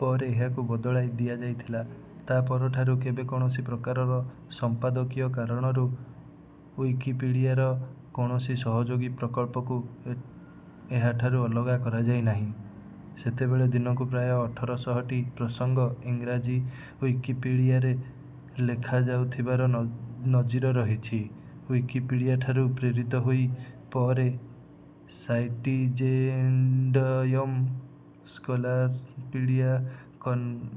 ପରେ ଏହାକୁ ବଦଳାଇ ଦିଆଯାଇଥିଲା। ତା ପରଠାରୁ କେବେ କୌଣସି ପ୍ରକାରର ସମ୍ପାଦକୀୟ କାରଣରୁ ଉଇକିପିଡ଼ିଆର କୌଣସି ସହଯୋଗୀ ପ୍ରକଳ୍ପକୁ ଏହାଠାରୁ ଅଲଗା କରାଯାଇନାହିଁ। ସେତେବେଳେ ଦିନକୁ ପ୍ରାୟ ଅଠର ଶହ ଟି ପ୍ରସଙ୍ଗ ଇଂରାଜୀ ଉଇକିପିଡ଼ିଆରେ ଲେଖାଯାଉଥିବାର ନଜିର ରହିଛି। ଉଇକିପିଡ଼ିଆଠାରୁ ପ୍ରେରିତ ହୋଇ ପରେ ସାଇଟିଜେଣ୍ଡ଼ିୟମ ସ୍କଲାରପିଡ଼ିଆ କନ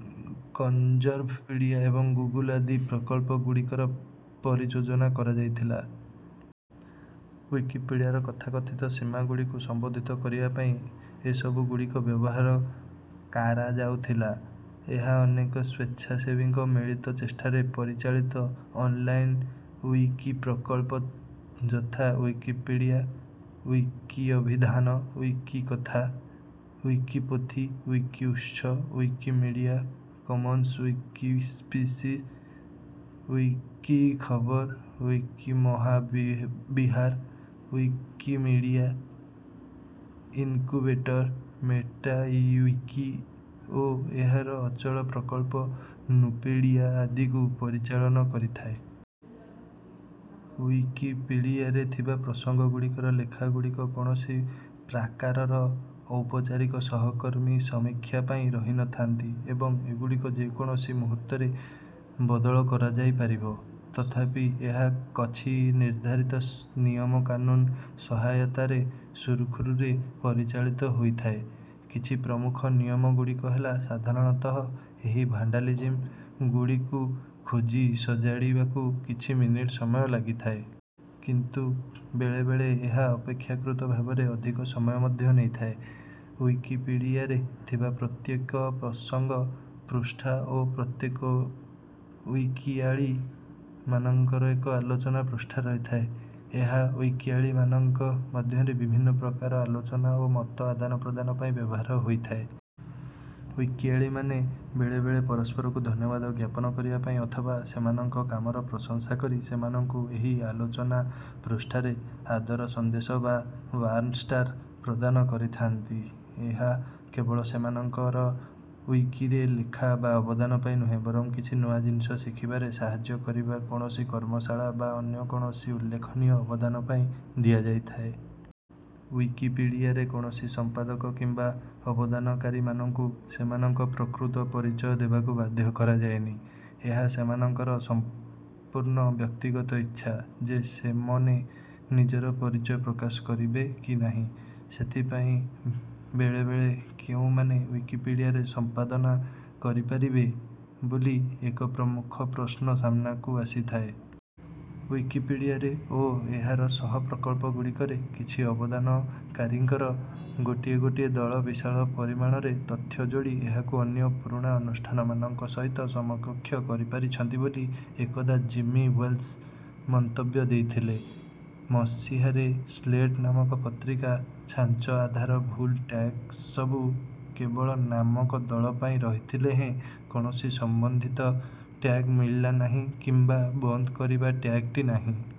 କନଜର୍ଭପିଡ଼ିଆ ଏବଂ ଗୁଗୁଲ ଆଦି ପ୍ରକଳ୍ପ ଗୁଡ଼ିକର ପରିଯୋଜନା କରାଯାଇଥିଲା। ଉଇକିପିଡ଼ିଆର କଥା କଥିତ ସୀମା ଗୁଡ଼ିକୁ ସମ୍ବୋଧିତ କରିବା ପାଇଁ ଏସବୁ ଗୁଡ଼ିକ ବ୍ୟବହାର କାରାଯାଉଥିଲା। ଏହା ଅନେକ ସ୍ୱେଚ୍ଛାସେବୀଙ୍କ ମିଳିତ ଚେଷ୍ଟାରେ ପରିଚାଳିତ ଅନଲାଇନ ଉଇକି ପ୍ରକଳ୍ପ ଯଥା ଉଇକିପିଡ଼ିଆ ଉଇକିଅଭିଧାନ ଉଇକିକଥା ଉଇକିପୋଥି ଉଇକିଉତ୍ସ ଉଇକିମିଡ଼ିଆ କମନ୍ସ ଉଇକିସ୍ପିସିସ ଉଇକିଖବର ଉଇକିମହାବିବିହାର ଉଇକିମିଡ଼ିଆ ଇନକୁବେଟର ମେଟା ଉଇକି ଓ ଏହାର ଅଚଳ ପ୍ରକଳ୍ପ ନୁପେଡ଼ିଆ ଆଦିକୁ ପରିଚାଳନ କରିଥାଏ। ଉଇକିପିଡ଼ିଆରେ ଥିବା ପ୍ରସଙ୍ଗ ଗୁଡ଼ିକର ଲେଖା ଗୁଡ଼ିକ କୌଣସି ପ୍ରାକାରର ଔପଚାରିକ ସହକର୍ମୀ ସମୀକ୍ଷା ପାଇଁ ରହି ନଥାନ୍ତି ଏବଂ ଏଗୁଡ଼ିକ ଯେକୌଣସି ମୁହୂର୍ତ୍ତରେ ବଦଳ କରାଯାଇପାରିବ। ତଥାପି ଏହା କଛି ନିର୍ଦ୍ଧାରିତ ନିୟମ କାନୁନ ସହାୟତାରେ ସୁରୁଖୁରୁରେ ପରିଚାଳିତ ହୋଇଥାଏ। କିଛି ପ୍ରମୁଖ ନିୟମ ଗୁଡ଼ିକ ହେଲା ସାଧାରଣତଃ ଏହି ଭାଣ୍ଡାଲିଜିମ ଗୁଡିକୁ ଖୋଜି ସଜାଡିବାକୁ କିଛି ମିନିଟ ସମୟ ଲାଗିଥାଏ। କିନ୍ତୁ ବେଳେବେଳେ ଏହା ଅପେକ୍ଷାକୃତ ଭାବରେ ଅଧିକ ସମୟ ମଧ୍ୟ ନେଇଥାଏ। ଉଇକିପିଡ଼ିଆରେ ଥିବା ପ୍ରତ୍ଯେକ ପ୍ରସଙ୍ଗ ପୃଷ୍ଠା ଓ ପ୍ରତ୍ଯେକ ଉଇକିଆଳି ମାନଙ୍କର ଏକ ଆଲୋଚନା ପୃଷ୍ଠା ରହିଥାଏ। ଏହା ଉଇକିଆଳି ମାନଙ୍କ ମଧ୍ୟରେ ବିଭିନ୍ନ ପ୍ରକାର ଆଲୋଚନା ଓ ମତ ଆଦାନପ୍ରଦାନ ପାଇଁ ବ୍ଯବହାର ହୋଇଥାଏ। ଉଇକିଆଳିମାନେ ବେଳେବେଳେ ପରସ୍ପରକୁ ଧନ୍ୟବାଦ ଜ୍ଞାପନ କରିବା ପାଇଁ ଅଥବା ସେମାନଙ୍କ କାମର ପ୍ରଶଂସା କରି ସେମାନଙ୍କୁ ଏହି ଆଲୋଚନା ପୃଷ୍ଠାରେ ଆଦର ସନ୍ଦେଶ ବା ବାର୍ଣ୍ଣଷ୍ଟାର ପ୍ରଦାନ କରିଥାନ୍ତି। ଏହା କେବଳ ସେମାନଙ୍କର ଉଇକିରେ ଲେଖା ବା ଅବଦାନ ପାଇଁ ନୁହେଁ ବରଂ କିଛି ନୂଆ ଜିନିଷ ଶିଖିବାରେ ସାହାଜ୍ଯ କରିବା କୌଣସି କର୍ମଶାଳା ବା ଅନ୍ୟ କୌଣସି ଉଲ୍ଲେଖନୀୟ ଅବଦାନ ପାଇଁ ଦିଆଯାଇଥାଏ। ଉଇକିପିଡ଼ିଆରେ କୌଣସି ସମ୍ପାଦକ କିମ୍ବା ଅବଦନକାରୀ ମାନଙ୍କୁ ସେମାନଙ୍କ ପ୍ରକୃତ ପରିଚୟ ଦେବାକୁ ବାଧ୍ୟ କରାଯାଏନି। ଏହା ସେମାନଙ୍କର ସଂପୂର୍ଣ୍ଣ ବ୍ୟକ୍ତିଗତ ଇଚ୍ଛା ଯେ ସେମନେ ନିଜର ପରିଚୟ ପ୍ରକାଶ କରିବେ କି ନାହିଁ। ସେଥିପାଇଁ ବେଳେବେଳେ କେଉଁ ମାନେ ଉଇକିପିଡ଼ିଆରେ ସମ୍ପାଦନା କରିପାରିବେ? ବୋଲି ଏକ ପ୍ରମୁଖ ପ୍ରଶ୍ନ ସାମନାକୁ ଆସିଥାଏ। ଉଇକିପିଡ଼ିଆରେ ଓ ଏହାର ସହ ପ୍ରକଳ୍ପ ଗୁଡିକରେ କିଛି ଅବଦାନକାରୀଙ୍କର ଗୋଟିଏ ଗୋଟିଏ ଦଳ ବିଶାଳ ପରିମାଣରେ ତଥ୍ୟ ଯୋଡି ଏହାକୁ ଅନ୍ୟ ପୁରୁଣା ଅନୁଷ୍ଠାନ ମାନଙ୍କ ସହିତ ସମକକ୍ଷ କରିପାରିଛନ୍ତି ବୋଲି ଏକଦା ଜିମି ୱେଲ୍ସ ମନ୍ତବ୍ୟ ଦେଇଥିଲେ। ମସିହାରେ ସ୍ଳେଟ ନାମକ ପତ୍ରିକା ଛାଞ୍ଚ ଆଧାର ଭୁଲ ଟ୍ୟାଗସବୁ କେବଳ ନାମକ ଦଳ ପାଇଁ ରହିଥିଲେ ହେଁ କୌଣସି ସମ୍ବନ୍ଧିତ ଟ୍ୟାଗ ମିଳିଲା ନାହିଁ କିମ୍ବା ବନ୍ଦ କରିବା ଟ୍ୟାଗଟି ନାହିଁ।